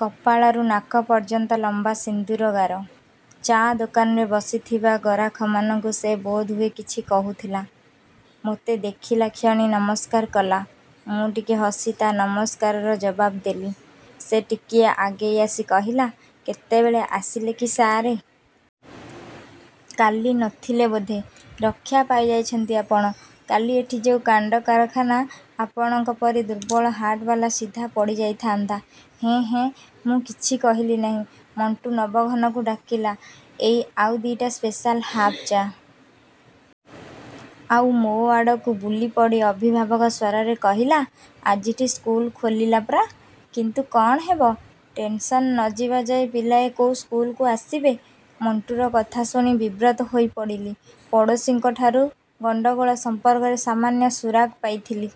କପାଳରୁ ନାକ ପର୍ଯ୍ୟନ୍ତ ଲମ୍ବା ସିନ୍ଦୂର ଗାର। ଚା' ଦୋକାନରେ ବସିଥିବା ଗରାଖମାନଙ୍କୁ ସେ ବୋଧହୁଏ କିଛି କହୁଥିଲା। ମୋତେ ଦେଖିଲାକ୍ଷଣି ନମସ୍କାର କଲା। ମୁଁ ଟିକେ ହସି ତା' ନମସ୍କାରର ଜବାବ ଦେଲି। ସେ ଟିକିଏ ଆଗେଇ ଆସି କହିଲା, "କେତେବେଳେ ଆସିଲେ କି ସାଆରେ? କାଲି ନ ଥିଲେ ବୋଧେ! ରକ୍ଷା ପାଇଯାଇଛନ୍ତି ଆପଣ। କାଲି ଏଠି ଯୋଉ କାଣ୍ଡକାରଖାନା, ଆପଣଙ୍କ ପରି ଦୁର୍ବଳ ହାର୍ଟବାଲା ସିଧା ପଡ଼ି ଯାଇଥାଆନ୍ତା, ହେଁ, ହେଁ" ମୁଁ କିଛି କହିଲି ନାହିଁ। ମଣ୍ଟୁ ନବଘନକୁ ଡାକିଲା, "ଏଇ ଆଉ ଦି'ଟା ସ୍ପେଶାଲ୍ ହାଫ୍ ଚା'।" ଆଉ ମୋ ଆଡ଼କୁ ବୁଲି ପଡ଼ି ଅଭିଭାବକ ସ୍ୱରରେ କହିଲା, "ଆଜିଠୁ ସ୍କୁଲ ଖୋଲିଲା ପରା! କିନ୍ତୁ କ'ଣ ହେବ! ଟେନ୍‌ସନ୍ ନ ଯିବା ଯାଏ ପିଲାଏ କୋଉ ସ୍କୁଲକୁ ଆସିବେ!" ମଣ୍ଟୁର କଥା ଶୁଣି ବିବ୍ରତ ହୋଇ ପଡ଼ିଲି। ପଡ଼ୋଶୀଙ୍କ ଠାରୁ ଗଣ୍ଡଗୋଳ ସମ୍ପର୍କରେ ସାମାନ୍ୟ ସୁରାକ୍ ପାଇଥିଲି।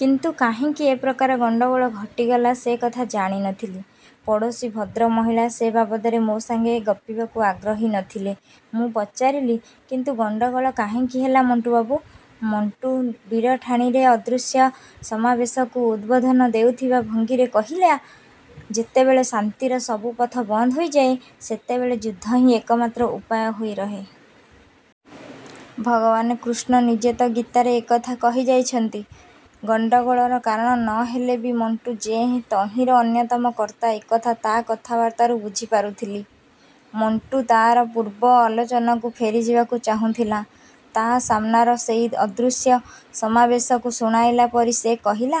କିନ୍ତୁ କାହିଁକି ଏ ପ୍ରକାର ଗଣ୍ଡଗୋଳ ଘଟିଗଲା ସେ କଥା ଜାଣି ନ ଥିଲି। ପଡ଼ୋଶୀ ଭଦ୍ରମହିଳା ସେ ବାବଦରେ ମୋ ସାଙ୍ଗେ ଗପିବାକୁ ଆଗ୍ରହୀ ନ ଥିଲେ। ମୁଁ ପଚାରିଲି, "କିନ୍ତୁ ଗଣ୍ଡଗୋଳ କାହିଁକି ହେଲା ମଣ୍ଟୁବାବୁ?" ମଣ୍ଟୁ ବୀରଠାଣିରେ ଅଦୃଶ୍ୟ ସମାବେଶକୁ ଉଦ୍‌ବୋଧନ ଦେଉଥିବା ଭଙ୍ଗୀରେ କହିଲା, "ଯେତେବେଳେ ଶାନ୍ତିର ସବୁ ପଥ ବନ୍ଦ ହୋଇଯାଏ, ସେତେବେଳେ ଯୁଦ୍ଧ ହିଁ ଏକମାତ୍ର ଉପାୟ ହୋଇ ରହେ। ଭଗବାନ କୃଷ୍ଣ ନିଜେ ତ ଗୀତାରେ ଏକଥା କହିଯାଇଛନ୍ତି।" ଗଣ୍ଡଗୋଳର କାରଣ ନ ହେଲେ ବି ମଣ୍ଟୁ ଯେ ତହିଁର ଅନ୍ୟତମ କର୍ତ୍ତା ଏକଥା ତା' କଥାବାର୍ତ୍ତାରୁ ବୁଝି ପାରୁଥିଲି। ମଣ୍ଟୁ ତା'ର ପୂର୍ବ ଆଲୋଚନାକୁ ଫେରିଯିବାକୁ ଚାହୁଁଥିଲା। ତା' ସାମ୍ନାର ସେଇ ଅଦୃଶ୍ୟ ସମାବେଶକୁ ଶୁଣାଇଲା ପରି ସେ କହିଲା,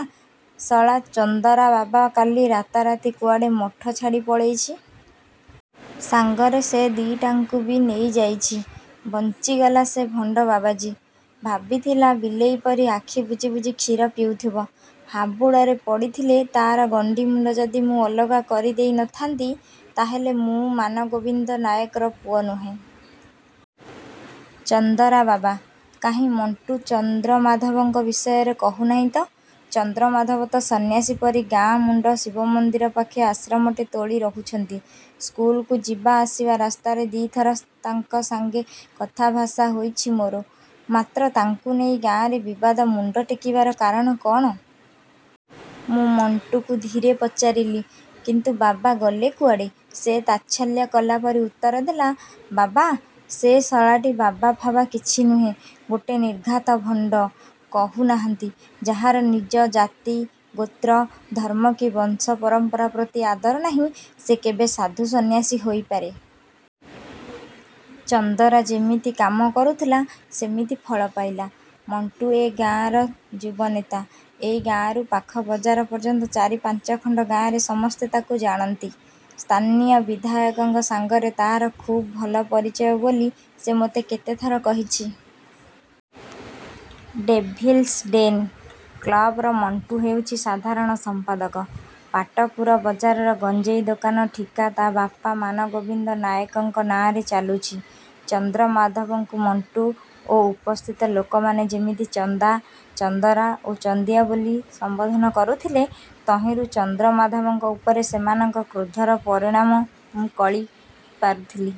"ଶଳା ଚନ୍ଦରା ବାବା କାଲି ରାତାରାତି କୁଆଡ଼େ ମଠ ଛାଡ଼ି ପଳେଇଛି। ସାଙ୍ଗରେ ସେ ଦି'ଟାଙ୍କୁ ବି ନେଇଯାଇଛି। ବଞ୍ଚିଗଲା ସେ ଭଣ୍ଡ ବାବାଜୀ! ଭାବିଥିଲା ବିଲେଇ ପରି ଆଖି ବୁଜି ବୁଜି କ୍ଷୀର ପିଉଥିବ। ହାବୁଡ଼ରେ ପଡ଼ିଥିଲେ ତା'ର ଗଣ୍ଡିମୁଣ୍ଡ ଯଦି ମୁଁ ଅଲଗା କରି ଦେଇ ନ ଥାନ୍ତି, ତାହାହେଲେ ମୁଁ ମାନଗୋବିନ୍ଦ ନାଏକର ପୁଅ ନୁହେଁ।" ଚନ୍ଦରା ବାବା? କାହିଁ ମଣ୍ଟୁ ଚନ୍ଦ୍ରମାଧବଙ୍କ ବିଷୟରେ କହୁନାହିଁ ତ! ଚନ୍ଦ୍ରମାଧବ ତ ସନ୍ନ୍ୟାସୀ ପରି ଗାଁ ମୁଣ୍ଡ ଶିବମନ୍ଦିର ପାଖେ ଆଶ୍ରମଟେ ତୋଳି ରହୁଛନ୍ତି। ସ୍କୁଲକୁ ଯିବାଆସିବା ରାସ୍ତାରେ ଦି'ଥର ତାଙ୍କ ସାଙ୍ଗେ କଥାଭାଷା ହୋଇଛି ମୋର। ମାତ୍ର ତାଙ୍କୁ ନେଇ ଗାଁରେ ବିବାଦ ମୁଣ୍ଡ ଟେକିବାର କାରଣ କ'ଣ? ମୁଁ ମଣ୍ଟୁକୁ ଧୀରେ ପଚାରିଲି, "କିନ୍ତୁ ବାବା ଗଲେ କୁଆଡ଼େ?" ସେ ତାଚ୍ଛଲ୍ୟ କଲା ପରି ଉତ୍ତର ଦେଲା, "ବାବା! ସେ ଶଳାଟି ବାବା ଫାବା କିଛି ନୁହେଁ। ଗୋଟେ ନିର୍ଘାତ ଭଣ୍ଡ। କହୁନାହାନ୍ତି, ଯାହାର ନିଜ ଜାତି, ଗୋତ୍ର, ଧର୍ମ କି ବଂଶ, ପରମ୍ପରା ପ୍ରତି ଆଦର ନାହିଁ, ସେ କେବେ ସାଧୁ ସନ୍ନ୍ୟାସୀ ହୋଇ ପାରେ? ଚନ୍ଦରା ଯେମିତି କାମ କରୁଥିଲା, ସେମିତି ଫଳ ପାଇଲା।" ମଣ୍ଟୁ ଏ ଗାଁର ଯୁବନେତା। ଏଇ ଗାଁରୁ ପାଖ ବଜାର ପର୍ଯ୍ୟନ୍ତ ଚାରି ପାଞ୍ଚଖଣ୍ଡ ଗାଁରେ ସମସ୍ତେ ତାକୁ ଜାଣନ୍ତି। ସ୍ଥାନୀୟ ବିଧାୟକଙ୍କ ସାଙ୍ଗରେ ତା'ର ଖୁବ୍ ଭଲ ପରିଚୟ ବୋଲି ସେ ମୋତେ କେତେଥର କହିଛି। 'ଡେଭିଲ୍ସ ଡେନ୍' କ୍ଲବ୍‌ର ମଣ୍ଟୁ ହେଉଛି ସାଧାରଣ ସମ୍ପାଦକ। ପାଟପୁର ବଜାରର ଗଞ୍ଜେଇ ଦୋକାନ ଠିକା ତା' ବାପା ମାନଗୋବିନ୍ଦ ନାଏକଙ୍କ ନାଆଁରେ ଚାଲୁଛି। ଚନ୍ଦ୍ରମାଧବଙ୍କୁ ମଣ୍ଟୁ ଓ ଉପସ୍ଥିତ ଲୋକମାନେ ଯେମିତି ଚନ୍ଦା, ଚନ୍ଦରା ଓ ଚନ୍ଦିଆ ବୋଲି ସମ୍ବୋଧନ କରୁଥିଲେ, ତହିଁରୁ ଚନ୍ଦ୍ରମାଧବଙ୍କ ଉପରେ ସେମାନଙ୍କ କ୍ରୋଧର ପରିମାଣ ମୁଁ କଳି ପାରୁଥିଲି।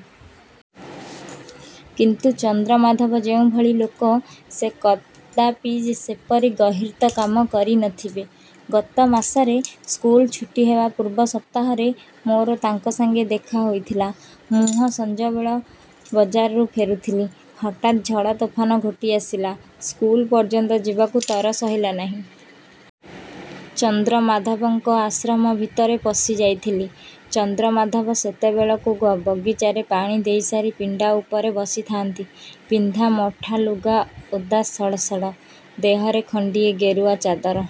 କିନ୍ତୁ ଚନ୍ଦ୍ରମାଧବ ଯେଉଁଭଳି ଲୋକ, ସେ କଦାପି ସେପରି ଗର୍ହିତ କାମ କରି ନଥିବେ। ଗତ ମାସରେ, ସ୍କୁଲ ଛୁଟି ହେବା ପୂର୍ବ ସପ୍ତାହରେ ମୋର ତାଙ୍କ ସାଙ୍ଗେ ଦେଖା ହୋଇଥିଲା। ମୁହଁ ସଞ୍ଜବେଳେ ବଜାରରୁ ଫେରୁଥିଲି। ହଠାତ୍ ଝଡ଼ ତୋଫାନ ଘୋଟି ଆସିଲା। ସ୍କୁଲ ପର୍ଯ୍ୟନ୍ତ ଯିବାକୁ ତର ସହିଲା ନାହିଁ। ଚନ୍ଦ୍ରମାଧବଙ୍କ ଆଶ୍ରମ ଭିତରେ ପଶିଯାଇଥିଲି। ଚନ୍ଦ୍ରମାଧବ ସେତେବେଳକୁ ବଗିଚାରେ ପାଣି ଦେଇସାରି ପିଣ୍ଡା ଉପରେ ବସିଥାଆନ୍ତି। ପିନ୍ଧା ମଠାଲୁଗା ଓଦା ଜଡ଼ସଡ଼। ଦେହରେ ଖଣ୍ଡିଏ ଗେରୁଆ ଚାଦର।